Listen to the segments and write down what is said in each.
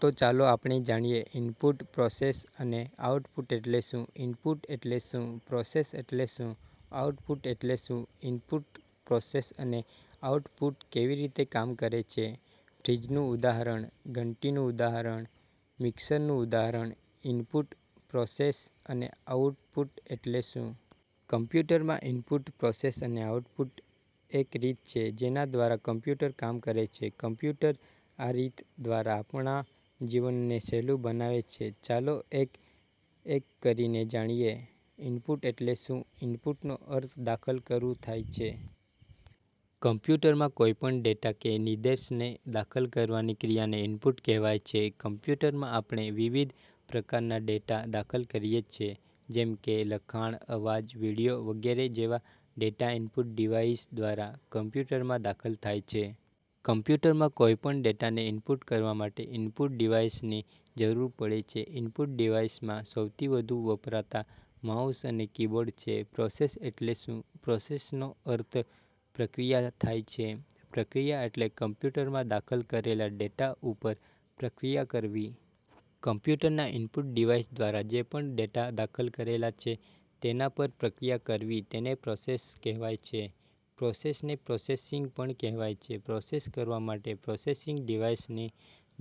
તો ચાલો આપણે જાણીએ. ઈનપુટ, પ્રોસેસ અને આઉટપુટ એટલે શું? ઈનપુટ એટલે શું? પ્રોસેસ એટલે શું? આઉટપુટ એટલે શું? ઈનપુટ, પ્રોસેસ અને આઉટપુટ કેવી રીતે કામ કરે છે? ફ્રિજનું ઉદાહરણ:- ઘંટીનું ઉદાહરણ:- મિક્ષરનું ઉદાહરણ:- ઈનપુટ, પ્રોસેસ અને આઉટપુટ એટલે શું? કમ્પ્યુટરમાં ઈનપુટ, પ્રોસેસ અને આઉટપુટ એક રીત છે જેના દ્વારા કમ્પ્યુટર કામ કરે છે. કમ્પ્યુટર, આ રીત દ્વારા આપણાં જીવનને સહેલું બનાવે છે. ચાલો એક એક કરીને જાણીએ. ઈનપુટ એટલે શું? ઈનપુટનો અર્થ દાખલ કરવું થાય છે. કમ્પ્યુટરમાં કોઈ પણ ડેટા કે નિર્દેશને દાખલ કરવાની ક્રિયાને ઈનપુટ કહેવાય છે. કમ્પ્યુટરમાં આપણે વિવિધ પ્રકારના ડેટા દાખલ કરીએ છે જેમ કે લખાણ, અવાજ, વિડિયો વગેરે જેવા ડેટા ઈનપુટ ડિવાઇસ દ્વારા કમ્પ્યુટરમાં દાખલ થાય છે. કમ્પ્યુટરમાં કોઈ પણ ડેટાને ઈનપુટ કરવા માટે ઈનપુટ ડિવાઇસની જરૂર પડે છે. ઈનપુટ ડિવાઇસમાં સૌથી વધુ વપરાતા માઉસ અને કીબોર્ડ છે. પ્રોસેસ એટલે શું? પ્રોસેસનો અર્થ પ્રક્રિયા થાય છે. પ્રક્રિયા એટલે કમ્પ્યુટરમાં દાખલ કરેલા ડેટા ઉપર પ્રક્રિયા કરવી. કમ્પ્યુટરના ઈનપુટ ડિવાઇસ દ્વારા જે પણ ડેટા દાખલ કરેલા છે તેના પર પ્રક્રિયા કરવી તેને પ્રોસેસ કહેવાય છે. પ્રોસેસને પ્રોસેસિંગ પણ કહેવાય છે. પ્રોસેસ કરવા માટે પ્રોસેસિંગ ડિવાઇસની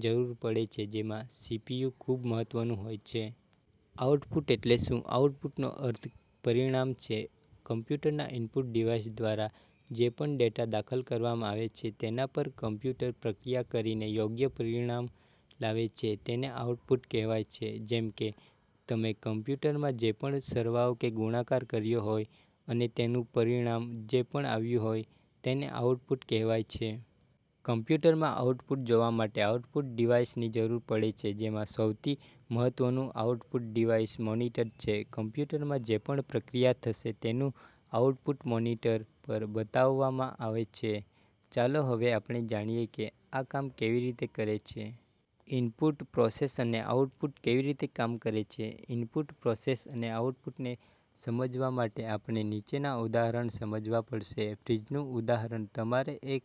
જરૂર પડે છે. જેમાં સીપીયુ ખૂબ મહત્વનું હોય છે. આઉટપુટ એટલે શું? આઉટપુટનો અર્થ પરિણામ છે. કમ્પ્યુટરના ઈનપુટ ડિવાઇસ દ્વારા જે પણ ડેટા દાખલ કરવામાં આવે છે તેના પર કમ્પ્યુટર પ્રક્રિયા કરીને યોગ્ય પરિણામ લાવે છે તેને આઉટપુટ કહેવાય છે. જેમ કે તમે કમ્પ્યુટરમાં જે પણ સરવાળો કે ગુણાકાર કર્યો હોય અને તેનું પરિણામ જે પણ આવ્યું હોય તેને આઉટપુટ કહેવાય છે. કમ્પ્યુટરમાં આઉટપુટ જોવા માટે આઉટપુટ ડિવાઇસની જરૂર પડે છે જેમાં સૌથી મહત્વનું આઉટપુટ ડિવાઇસ મોનીટર છે. કમ્પ્યુટરમાં જે પણ પ્રક્રિયા થશે તેનું આઉટપુટ મોનીટર પર બતાવવામાં આવે છે. ચાલો હવે આપણે જાણીએ કે આ કામ કેવી રીતે કરે છે. ઈનપુટ, પ્રોસેસ અને આઉટપુટ કેવી રીતે કામ કરે છે? ઈનપુટ, પ્રોસેસ અને આઉટપુટને સમજવા માટે આપણે નીચેના ઉદાહરણ સમજવા પડશે. ફ્રિજનું ઉદાહરણ:- તમારે એક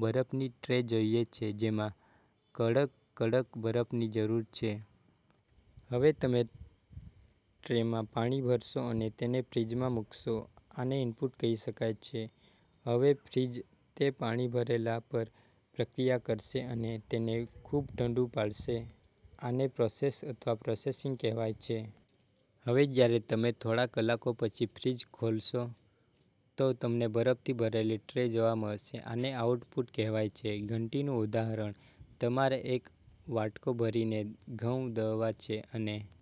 બરફની ટ્રે જોઈએ છે જેમાં કડક-કડક બરફની જરૂર છે. હવે તમે ટ્રે માં પાણી ભરશો અને તેને ફ્રિજમાં મુકશો, આને ઈનપુટ કહી શકાય છે. હવે ફ્રિજ તે પાણી ભરેલા પર પ્રક્રિયા કરશે અને તેને ખૂબ ઠંડુ પાડશે, આને પ્રોસેસ અથવા પ્રોસેસિંગ કહેવાય છે. હવે જ્યારે તમે થોડા કલાકો પછી ફ્રિજ ખોલશો તો તમને બરફથી ભરેલી ટ્રે જોવા મળશે, આને આઉટપુટ કહેવાય છે. ઘંટીનું ઉદાહરણ:- તમારે એક વાટકો ભરીને ઘઉં દળવા છે અને